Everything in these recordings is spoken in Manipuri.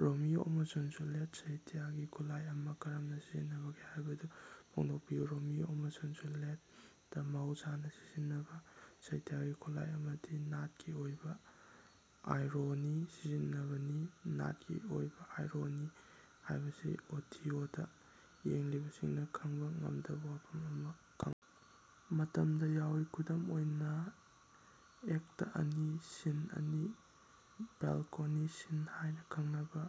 ꯔꯣꯃꯤꯑꯣ ꯑꯃꯁꯨꯡ ꯖꯨꯂꯤꯌꯠꯇ ꯁꯍꯤꯇ꯭ꯌꯥꯒꯤ ꯈꯨꯠꯂꯥꯏ ꯑꯃ ꯀꯔꯝꯅ ꯁꯤꯖꯤꯟꯅꯕꯒꯦ ꯍꯥꯏꯕꯗꯨ ꯐꯣꯡꯗꯣꯛꯄꯤꯌꯨ꯫ ꯔꯣꯃꯤꯑꯣ ꯑꯃꯁꯨꯡ ꯖꯨꯂꯤꯌꯇꯇ ꯃꯍꯧꯁꯥꯅ ꯁꯤꯖꯤꯟꯅꯕ ꯁꯍꯤꯇ꯭ꯌꯥꯒꯤ ꯈꯨꯠꯂꯥꯏ ꯑꯃꯗꯤ ꯅꯥꯠꯀꯤ ꯑꯣꯏꯕ ꯑꯥꯏꯔꯣꯅꯤ ꯁꯤꯖꯤꯟꯅꯕꯅꯤ꯫ ꯅꯥꯠꯀꯤ ꯑꯣꯏꯕ ꯑꯥꯏꯔꯣꯅꯤ ꯍꯥꯏꯕꯁꯤ ꯑꯣꯗꯤꯑꯣꯗꯥ ꯌꯦꯡꯂꯤꯕꯁꯤꯡꯅ ꯈꯪꯕꯥ ꯉꯝꯗꯕ ꯋꯥꯐꯝ ꯑꯃ ꯈꯪꯂꯕ ꯃꯇꯝꯗ ꯌꯥꯎꯏ꯫ ꯈꯨꯗꯝ ꯑꯣꯏꯅ ꯑꯦꯛꯇ ꯑꯅꯤ ꯁꯤꯟ ꯑꯅꯤ ꯕꯦꯂꯀꯣꯅꯤ ꯁꯤꯟ ꯍꯥꯏꯅ ꯈꯪꯅꯕ,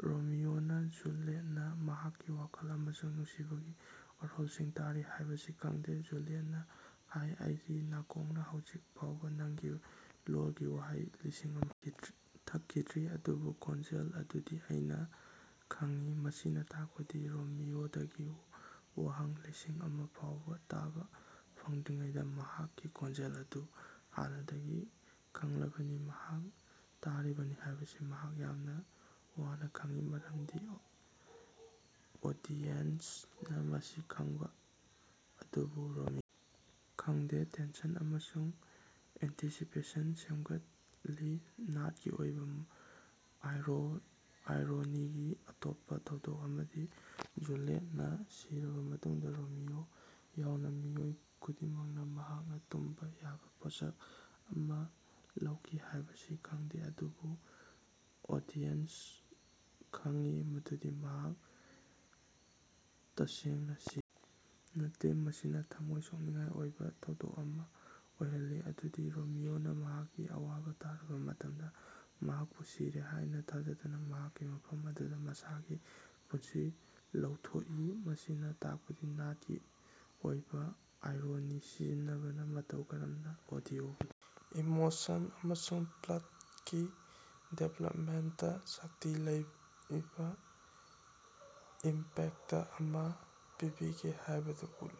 ꯔꯣꯃꯤꯑꯣꯅ ꯖꯨꯂꯤꯌꯦꯠꯅ ꯃꯍꯥꯛꯀꯤ ꯋꯥꯈꯜ ꯑꯃꯁꯨꯡ ꯅꯨꯡꯁꯤꯕꯒꯤ ꯋꯥꯔꯣꯜꯁꯤꯡ ꯇꯥꯔꯤ ꯍꯥꯏꯕꯁꯤ ꯈꯪꯗꯦ꯫ ꯖꯨꯂꯤꯌꯇꯅ ꯍꯥꯏ "ꯑꯩꯒꯤ ꯅꯥꯀꯣꯡꯅ ꯍꯧꯖꯤꯛ ꯐꯥꯎꯕ ꯅꯪꯒꯤ ꯂꯣꯜꯒꯤ ꯋꯥꯍꯩ ꯂꯤꯁꯤꯡ ꯑꯃ ꯊꯛꯈꯤꯗ꯭ꯔꯤ ꯑꯗꯨꯕꯨ ꯈꯣꯟꯖꯦꯜ ꯑꯗꯨꯗꯤ ꯑꯩꯅ ꯈꯪꯏ꯫ ꯃꯁꯤꯅ ꯇꯥꯛꯄꯗꯤ ꯔꯣꯃꯤꯑꯣꯗꯒꯤ ꯋꯥꯍꯩ ꯂꯤꯁꯤꯡ ꯑꯃꯥ ꯐꯥꯎꯕ ꯇꯥꯕ ꯐꯪꯗ꯭ꯔꯤꯉꯩꯗ ꯃꯍꯥꯛꯀꯤ ꯈꯣꯟꯖꯦꯜ ꯑꯗꯨ ꯍꯥꯟꯅꯗꯒꯤ ꯈꯪꯂꯕꯅꯤ— ꯃꯍꯥꯛ ꯇꯥꯔꯤꯕꯅꯤ ꯍꯥꯏꯕꯁꯤ ꯃꯍꯥꯛ ꯌꯥꯝꯅ ꯋꯥꯅ ꯈꯪꯏ꯫ ꯃꯔꯝꯗꯤ ꯑꯣꯗꯤꯌꯦꯟꯁꯅ ꯃꯁꯤ ꯈꯪꯏ ꯑꯗꯨꯕꯨ ꯔꯣꯃꯤꯑꯣꯅꯥ ꯈꯪꯗꯦ꯫ ꯇꯦꯟꯁꯟ ꯑꯃꯁꯨꯡ ꯑꯦꯟꯇꯤꯁꯤꯄꯦꯁꯟ ꯁꯦꯝꯒꯠꯂꯤ꯫ ꯅꯥꯠꯀꯤ ꯑꯣꯏꯕ ꯑꯥꯏꯔꯣꯅꯤꯒꯤ ꯑꯇꯣꯞꯄ ꯊꯧꯗꯣꯛ ꯑꯃꯗꯤ ꯖꯨꯂꯤꯌꯇꯅ ꯁꯤꯔꯕ ꯃꯇꯨꯡꯗ ꯔꯣꯃꯤꯑꯣ ꯌꯥꯎꯅ ꯃꯤꯑꯣꯏ ꯈꯨꯗꯤꯡꯃꯛꯅ ꯃꯍꯥꯛꯅ ꯇꯨꯝꯕꯥ ꯌꯥꯕꯥ ꯄꯣꯠꯁꯛ ꯑꯃ ꯂꯧꯈꯤ ꯍꯥꯏꯕꯁꯤ ꯈꯪꯗꯦ꯫ ꯑꯗꯨꯕꯨ ꯑꯣꯗꯤꯌꯦꯟꯁꯅ ꯈꯪꯏ ꯃꯗꯨꯗꯤ ꯃꯍꯥꯛ ꯇꯁꯦꯡꯅ ꯁꯤꯕ ꯅꯠꯇꯦ꯫ ꯃꯁꯤꯅ ꯊꯝꯃꯣꯏ ꯁꯣꯛꯅꯤꯡꯉꯥꯏ ꯑꯣꯏꯕ ꯊꯧꯗꯣꯛ ꯑꯃ ꯑꯣꯏꯍꯜꯂꯤ ꯃꯗꯨꯗꯤ ꯔꯣꯃꯤꯑꯣꯅ ꯃꯍꯥꯛꯀꯤ ꯑꯋꯥꯕ ꯇꯥꯔꯕ ꯃꯇꯝꯗ, ꯃꯍꯥꯛꯄꯨ ꯁꯤꯔꯦ ꯍꯥꯏꯅ ꯊꯥꯖꯗꯨꯅ ꯃꯍꯥꯛꯀꯤ ꯃꯐꯝ ꯑꯗꯨꯗ ꯃꯁꯥꯒꯤ ꯄꯨꯟꯁꯤ ꯂꯧꯊꯣꯛꯏ꯫ ꯃꯁꯤꯅ ꯇꯥꯛꯄꯗꯤ ꯅꯥꯠꯀꯤ ꯑꯣꯏꯕ ꯑꯥꯏꯔꯣꯅꯤ ꯁꯤꯖꯤꯟꯅꯕꯅ ꯃꯇꯧ ꯀꯔꯝꯅ ꯑꯣꯗꯤꯑꯣꯒꯤ ꯏꯃꯣꯁꯟ ꯑꯃꯁꯨꯡ ꯄ꯭ꯂꯇꯀꯤ ꯗꯤꯚꯦꯂꯄꯃꯦꯟꯇꯗ ꯁꯛꯇꯤ ꯂꯩꯕ ꯏꯝꯄꯦꯛꯇ ꯑꯃ ꯄꯤꯕꯒꯦ ꯍꯥꯏꯕꯗꯨ ꯎꯠꯂꯤ꯫